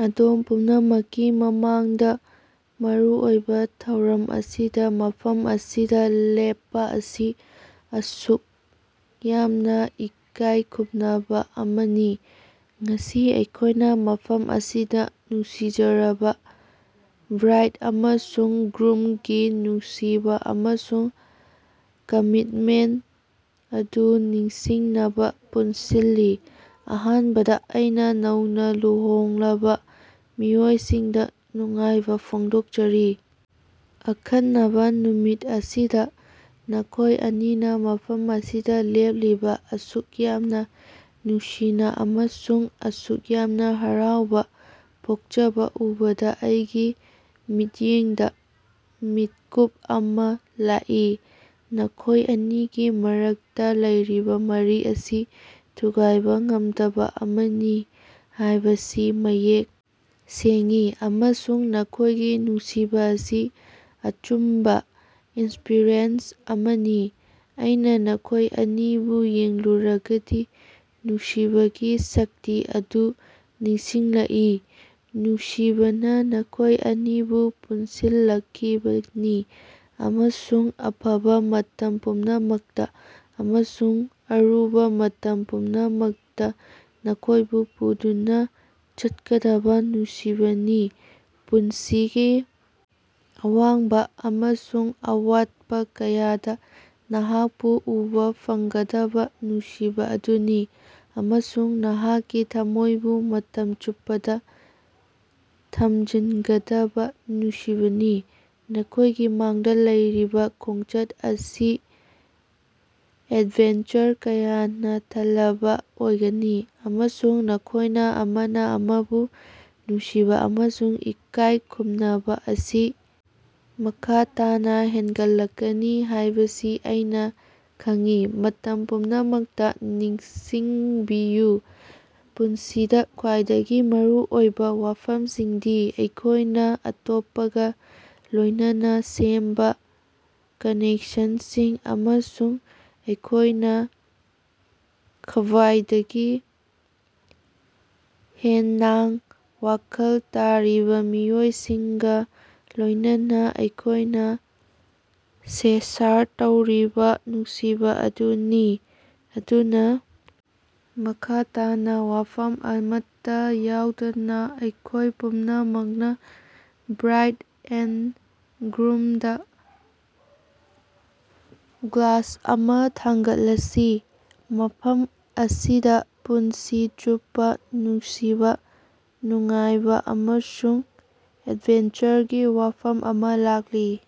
ꯑꯗꯣꯝ ꯄꯨꯝꯅꯃꯛꯀꯤ ꯃꯃꯥꯡꯗ, ꯃꯔꯨꯑꯣꯏꯕ ꯊꯧꯔꯝ ꯑꯁꯤꯗ ꯃꯐꯝ ꯑꯁꯤꯗ ꯂꯦꯞꯄ ꯑꯁꯤ ꯑꯁꯨꯛ ꯌꯥꯝꯅ ꯏꯀꯥꯏ ꯈꯨꯝꯅꯕ ꯑꯃꯅꯤ꯫ ꯉꯁꯤ ꯑꯩꯈꯣꯏꯅ ꯃꯐꯝ ꯑꯁꯤꯗ ꯅꯨꯡꯁꯤꯖꯔꯕ ꯕ꯭ꯔꯥꯏꯗ ꯑꯃꯁꯨꯡ ꯒ꯭ꯔꯨꯝ ꯒꯤ ꯅꯨꯡꯁꯤꯕ ꯑꯃꯁꯨꯡ ꯀꯃꯤꯠꯃꯦꯟꯇ ꯑꯗꯨ ꯅꯤꯡꯁꯤꯡꯅꯕ ꯄꯨꯟꯁꯤꯜꯂꯤ꯫ ꯑꯍꯥꯟꯕꯗ, ꯑꯩꯅ ꯅꯧꯅ ꯂꯨꯍꯣꯡꯂꯕ ꯃꯤꯑꯣꯏꯁꯤꯡꯗ ꯅꯨꯡꯉꯥꯏꯕ ꯐꯣꯡꯗꯣꯛꯆꯔꯤ! ꯑꯈꯟꯅꯕ ꯅꯨꯃꯤꯠ ꯑꯁꯤꯗ ꯅꯈꯣꯏ ꯑꯅꯤꯅ ꯃꯐꯝ ꯑꯁꯤꯗ ꯂꯦꯞꯂꯤꯕ, ꯑꯁꯨꯛ ꯌꯥꯝꯅ ꯅꯨꯡꯁꯤꯅ ꯑꯃꯁꯨꯡ ꯑꯁꯨꯛ ꯌꯥꯝꯅ ꯍꯔꯥꯎꯕ ꯄꯣꯛꯆꯕ ꯎꯕꯗ ꯑꯩꯒꯤ ꯃꯤꯠꯌꯦꯡꯗ ꯃꯤꯠꯀꯨꯞ ꯑꯃ ꯂꯥꯛꯏ꯫ ꯅꯈꯣꯏ ꯑꯅꯤꯒꯤ ꯃꯔꯛꯇ ꯂꯩꯔꯤꯕ ꯃꯔꯤ ꯑꯁꯤ ꯊꯨꯒꯥꯏꯕ ꯉꯝꯗꯕ ꯑꯃꯅꯤ ꯍꯥꯏꯕꯁꯤ ꯃꯌꯦꯛ ꯁꯦꯡꯏ, ꯑꯃꯁꯨꯡ ꯅꯈꯣꯏꯒꯤ ꯅꯨꯡꯁꯤꯕ ꯑꯁꯤ ꯑꯆꯨꯝꯕ ꯏꯟꯁꯄꯤꯔꯦꯁ ꯑꯃꯅꯤ꯫ ꯑꯩꯅ ꯅꯈꯣꯏ ꯑꯅꯤꯕꯨ ꯌꯦꯡꯂꯨꯔꯒꯗꯤ ꯅꯨꯡꯁꯤꯕꯒꯤ ꯁꯛꯇꯤ ꯑꯗꯨ ꯅꯤꯡꯁꯤꯡꯂꯛꯏ꯫ ꯅꯨꯡꯁꯤꯕꯅ ꯅꯈꯣꯏ ꯑꯅꯤꯕꯨ ꯄꯨꯟꯁꯤꯜꯂꯛꯈꯤꯕꯅꯤ, ꯑꯃꯁꯨꯡ ꯑꯐꯕ ꯃꯇꯝ ꯄꯨꯝꯅꯃꯛꯇ, ꯑꯃꯁꯨꯡ ꯑꯔꯨꯕ ꯃꯇꯝ ꯄꯨꯝꯅꯃꯛꯇ ꯅꯈꯣꯏꯕꯨ ꯄꯨꯗꯨꯅ ꯆꯠꯀꯗꯕ ꯅꯨꯡꯁꯤꯕꯅꯤ꯫ ꯄꯨꯟꯁꯤꯒꯤ ꯑꯋꯥꯡꯕ ꯑꯃꯁꯨꯡ ꯑꯋꯥꯠꯄ ꯀꯌꯥꯗ ꯅꯍꯥꯛꯄꯨ ꯎꯕ ꯐꯪꯒꯗꯕ ꯅꯨꯡꯁꯤꯕ ꯑꯗꯨꯅꯤ, ꯑꯃꯁꯨꯡ ꯅꯍꯥꯛꯀꯤ ꯊꯝꯃꯣꯏꯕꯨ ꯃꯇꯝ ꯆꯨꯞꯄꯗ ꯊꯝꯖꯤꯟꯒꯗꯕ ꯅꯨꯡꯁꯤꯕꯅꯤ꯫ ꯅꯈꯣꯏꯒꯤ ꯃꯥꯡꯗ ꯂꯩꯔꯤꯕ ꯈꯣꯡꯆꯠ ꯑꯁꯤ ꯑꯦꯗꯚꯦꯟꯆꯔ ꯀꯌꯥꯅ ꯊꯜꯂꯕ ꯑꯣꯏꯒꯅꯤ, ꯑꯃꯁꯨꯡ ꯅꯈꯣꯏꯅ ꯑꯃꯅ ꯑꯃꯕꯨ ꯅꯨꯡꯁꯤꯕ ꯑꯃꯁꯨꯡ ꯏꯀꯥꯏꯈꯨꯝꯅꯕ ꯑꯁꯤ ꯃꯈꯥ ꯇꯥꯅ ꯍꯦꯟꯒꯠꯂꯛꯀꯅꯤ ꯍꯥꯏꯕꯁꯤ ꯑꯩꯅ ꯈꯪꯏ꯫ ꯃꯇꯝ ꯄꯨꯝꯅꯃꯛꯇ ꯅꯤꯡꯁꯤꯡꯕꯤꯌꯨ ꯄꯨꯟꯁꯤꯗ ꯈ꯭ꯋꯥꯏꯗꯒꯤ ꯃꯔꯨ ꯑꯣꯏꯕ ꯋꯥꯐꯝꯁꯤꯡꯗꯤ ꯑꯩꯈꯣꯏꯅ ꯑꯇꯣꯞꯄꯒ ꯂꯣꯏꯅꯅ ꯁꯦꯝꯕ ꯀꯅꯦꯛꯁꯟꯁꯤꯡ, ꯑꯃꯁꯨꯡ ꯑꯩꯈꯣꯏꯅ ꯈ꯭ꯕꯥꯏꯗꯒꯤ ꯍꯦꯟꯅꯥꯡ ꯋꯥꯈꯜ ꯇꯥꯔꯤꯕ ꯃꯤꯑꯣꯏꯁꯤꯡꯒ ꯂꯣꯏꯅꯅ ꯑꯩꯈꯣꯏꯅ ꯁꯦꯁꯔ ꯇꯧꯔꯤꯕ ꯅꯨꯡꯁꯤꯕ ꯑꯗꯨꯅꯤ꯫ ꯑꯗꯨꯅ, ꯃꯈꯥ ꯇꯥꯅ ꯋꯥꯐꯝ ꯑꯃꯠꯇ ꯌꯥꯎꯗꯅ ꯑꯩꯈꯣꯏ ꯄꯨꯝꯅꯃꯛꯅ ꯕ꯭ꯔꯥꯏꯗ ꯑꯦꯟꯗ ꯒ꯭ꯔꯨꯝ ꯗ ꯒ꯭ꯂꯥꯁ ꯑꯃ ꯊꯥꯡꯒꯠꯂꯁꯤ꯫ ꯃꯐꯝ ꯑꯁꯤꯗ ꯄꯨꯟꯁꯤ ꯆꯨꯞꯄ ꯅꯨꯡꯁꯤꯕ, ꯅꯨꯡꯉꯥꯏꯕ ꯑꯃꯁꯨꯡ ꯑꯦꯗꯚꯦꯟꯆꯔꯒꯤ ꯋꯥꯐꯝ ꯑꯃ ꯂꯥꯛꯂꯤ꯫